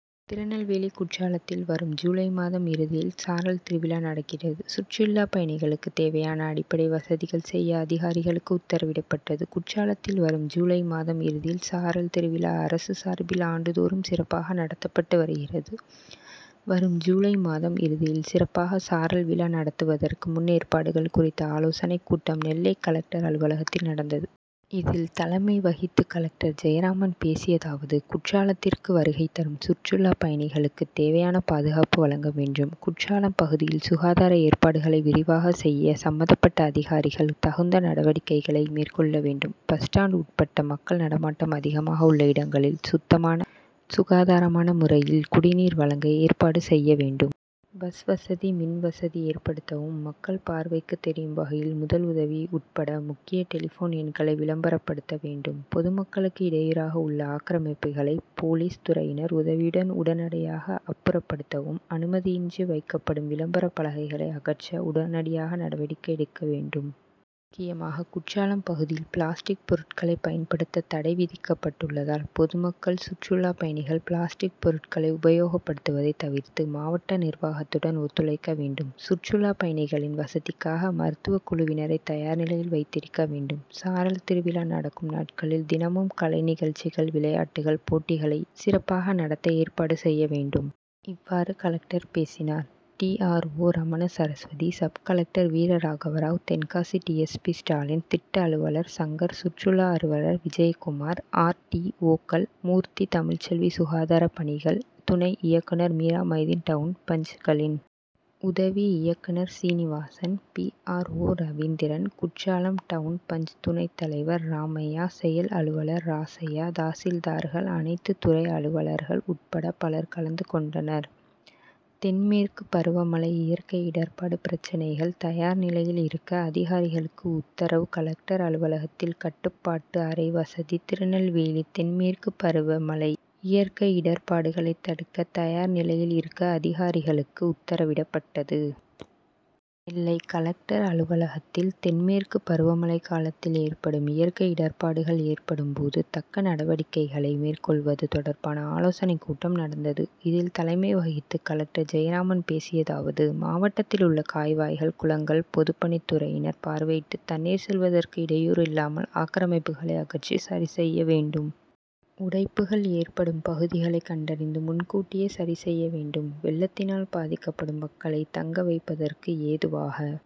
திருநெல்வேலி குற்றாலத்தில் வரும் ஜூலை மாதம் இறுதியில் சாரல் திருவிழா நடக்கிறது. சுற்றுலா பயணிகளுக்கு தேவையான அடிப்படை வசதிகள் செய்ய அதிகாரிகளுக்கு உத்தரவிடப்பட்டது. குற்றாலத்தில் வரும் ஜூலை மாதம் இறுதியில் சாரல் திருவிழா அரசு சார்பில் ஆண்டு தோறும் சிறப்பாக நடத்தப்பட்டு வருகிறது. வரும் ஜூலை மாதம் இறுதியில் சிறப்பாக சாரல் விழா நடத்துவதற்கு முன்னேற்பாடுகள் குறித்த ஆலோசனை கூட்டம் நெல்லை கலெக்டர் அலுவலகத்தில் நடந்தது. இதில் தலைமை வகித்து கலெக்டர் ஜெயராமன் பேசியதாவது குற்றாலத்திற்கு வருகை தரும் சுற்றுலா பயணிகளுக்கு தேவையான பாதுகாப்பு வழங்க வேண்டும். குற்றாலம் பகுதியில் சுகாதார ஏற்பாடுகளை விரிவாக செய்ய சம்பந்தப்பட்ட அதிகாரிகள் தகுந்த நடவடிக்கைகளை மேற்கொள்ள வேண்டும். பஸ் ஸ்டான்ட் உட்பட மக்கள் நடமாட்டம் அதிகமாக உள்ள இடங்களில் சுத்தமான சுகாதாரமான முறையில் குடிநீர் வழங்க ஏற்பாடு செய்ய வேண்டும். பஸ் வசதி மின் வசதி ஏற்படுத்தவும் மக்கள் பார்வைக்கு தெரியும் வகையில் முதல் உதவி உட்பட முக்கிய டெலிபோன் எண்களை விளம்பரப்படுத்த வேண்டும். பொதுமக்களுக்கு இடையூறாக உள்ள ஆக்ரமிப்புகளை போலீஸ் துறையினர் உதவியுடன் உடனடியாக அப்புறப்படுத்தவும் அனுமதியின்றி வைக்கப்படும் விளம்பர பலகைகளை அகற்ற உடனடியாக நடவடிக்கை எடுக்க வேண்டும். முக்கியமாக குற்றாலம் பகுதியில் பிளாஸ்டிக் பொருட்களை பயன்படுத்த தடை விதிக்கப்பட்டுள்ளதால் பொதுமக்கள் சுற்றுலா பயணிகள் பிளாஸ்டிக் பொருட்களை உபயோகப்படுத்துவதை தவிர்த்து மாவட்ட நிர்வாகத்துடன் ஒத்துழைக்க வேண்டும். சுற்றுலா பயணிகளின் வசதிக்காக மருத்துவ குழுவினரை தயார் நிலையில் வைத்திருக்க வேண்டும். சாரல் திருவிழா நடக்கும் நாட்களில் தினமும் கலைநிகழ்ச்சிகள் விளையாட்டு போட்டிகளை சிறப்பாக நடத்த ஏற்பாடு செய்ய வேண்டும். இவ்வாறு கலெக்டர் பேசினார். D. R. O Ramana Saraswathi sub collector வீரராகவராவ் Tenkasi D. S. P Stalin திட்ட அலுவலர் சங்கர் சுற்றுலா அலுவலர் விஜயகுமார் ஆர். டி. ஓக்கள் மூர்த்தி தமிழ்செல்வி சுகாதார பணிகள் துணை இயக்குனர் மீரா மைதீன் டவுன் பஞ்.களின் உதவி இயக்குனர் Srinivasan P. R. O Ravindran Courtallam town பஞ்.துணைத் தலைவர் ராமையா செயல் அலுவலர் ராசையா தாசில்தார்கள் அனைத்து துறை அலுவலர்கள் உட்பட பலர் கலந்து கொண்டனர். தென் மேற்கு பருவ மழை இயற்கை இடர்பாடு பிரச்னைகள் தயார் நிலையில் இருக்க அதிகாரிகளுக்கு உத்தரவு கலெக்டர் அலுவலகத்தில் கட்டுப்பாட்டு அறை வசதி திருநெல்வேலி தென் மேற்கு பருவ மழை இயற்கை இடர்பாடுகளை தடுக்க தயார் நிலையில் இருக்க அதிகாரிகளுக்கு உத்தரவிடப்பட்டது. நெல்லை கலெக்டர் அலுவலகத்தில் தென் மேற்கு பருவ மழை காலத்தில் ஏற்படும் இயற்கை இடர்பாடுகள் ஏற்படும் போது தக்க நடவடிக்கைகளை மேற்கொள்வது தொடர்பான ஆலோசனை கூட்டம் நடந்தது. இதில் தலைமை வகித்து கலெக்டர் ஜெயராமன் பேசியதாவது மாவட்டத்தில் உள்ள கால்வாய்கள் குளங்களை பொதுப்பணித் துறையினர் பார்வையிட்டு தண்ணீர் செல்வதற்கு இடையூறு இல்லாமல் ஆக்ரமிப்புகளை அகற்றி சரி செய்ய வேண்டும். உடைப்புகள் ஏற்படும் பகுதிகளை கண்டறிந்து முன்கூட்டியே சரி செய்ய வேண்டும். வெள்ளத்தினால் பாதிக்கப்படும் மக்களை தங்க வைப்பதற்கு ஏதுவாக